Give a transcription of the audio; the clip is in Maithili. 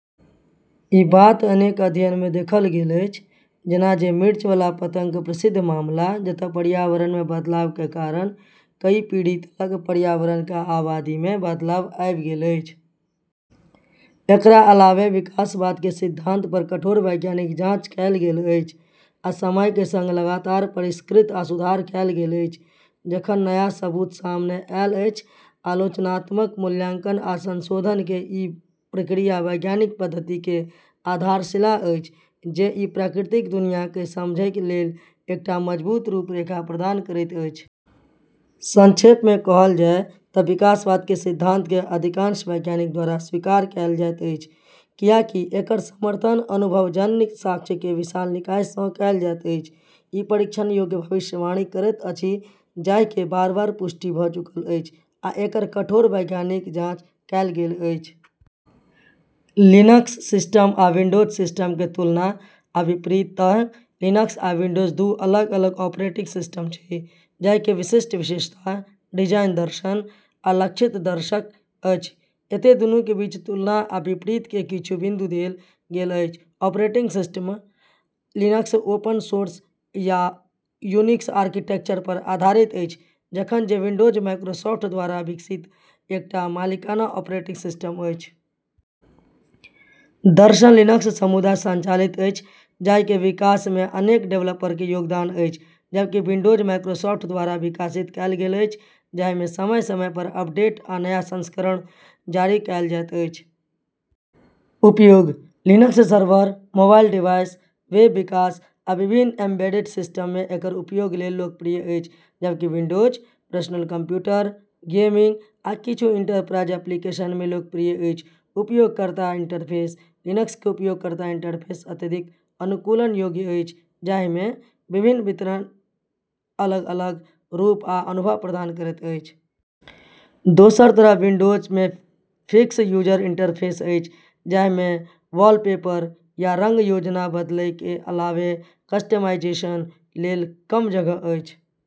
ई बात अनेक अध्ययन मे देखल गेल अछि, जेना जे मिर्च वाला पतंग के प्रसिद्ध मामला, जतय पर्यावरण मे बदलाव के कारण कई पीढ़ी तलक पतंग के आबादी मे बदलाव आबि गेल अछि। एकरा अलावे विकासवाद के सिद्धांत पर कठोर वैज्ञानिक जांच कएल गेल अछि आ समय के संग लगातार परिष्कृत आ सुधार कएल गेल अछि, जखन नया सबूत सामने आएल अछि। आलोचनात्मक मूल्यांकन आ संशोधन के ई प्रक्रिया वैज्ञानिक पद्धति के आधारशिला अछि, जे प्राकृतिक दुनिया के समझय लेल एकटा मजबूत रूपरेखा प्रदान करैत अछि। संक्षेप मे कहल जाय त' विकासवाद के सिद्धांत के अधिकांश वैज्ञानिक द्वारा स्वीकार कएल जाएत अछि, कियाकि एकर समर्थन अनुभवजन्य साक्ष्य के विशाल निकाय सँ कएल जाएत अछि, ई परीक्षण योग्य भविष्यवाणी करैत अछि जाहि के बार-बार पुष्टि भ चुकल अछि आ एकर कठोर वैज्ञानिक जांच कएल गेल अछि। लिनक्स सिस्टम आ विंडोज सिस्टम के तुलना आ विपरीत: लिनक्स आ विंडोज दू अलग-अलग ऑपरेटिंग सिस्टम छै जाहि के विशिष्ट विशेषता, डिजाइन दर्शन, आ लक्षित दर्शक अछि। एतय, दुनू के बीच तुलना आ विपरीत के किछु बिंदु देल गेल अछि: operating system: Linux open source आ यूनिक्स आर्किटेक्चर पर आधारित अछि, जखन जे विंडोज माइक्रोसॉफ्ट द्वारा विकसित एकटा मालिकाना ऑपरेटिंग सिस्टम अछि। दर्शन: लिनक्स समुदाय संचालित अछि, जाहि के विकास मे अनेक डेवलपर के योगदान अछि, जबकि विंडोज माइक्रोसॉफ्ट द्वारा विकसित कएल गेल अछि, जाहि मे समय-समय पर अपडेट आ नया संस्करण जारी कएल जाएत अछि। उपयोग: Linux server, mobile device, web विकास, आ विभिन्न एम्बेड सिस्टम मे एकर उपयोग लेल लोकप्रिय अछि, जबकि विंडोज पर्सनल कंप्यूटर, गेमिंग, आ किछु एंटरप्राइज एप्लीकेशन मे लोकप्रिय अछि। उपयोगकर्ता इंटरफेस: लिनक्स के उपयोगकर्ता इंटरफेस अत्यधिक अनुकूलन योग्य अछि, जाहि मे विभिन्न वितरण अलग-अलग रूप आ अनुभव प्रदान करैत अछि। दोसर तरफ विंडोज मे फिक्स यूजर इंटरफेस अछि, जाहि मे वॉलपेपर या रंग योजना बदलय के अलावे कस्टमाइजेशन लेल कम जगह अछि।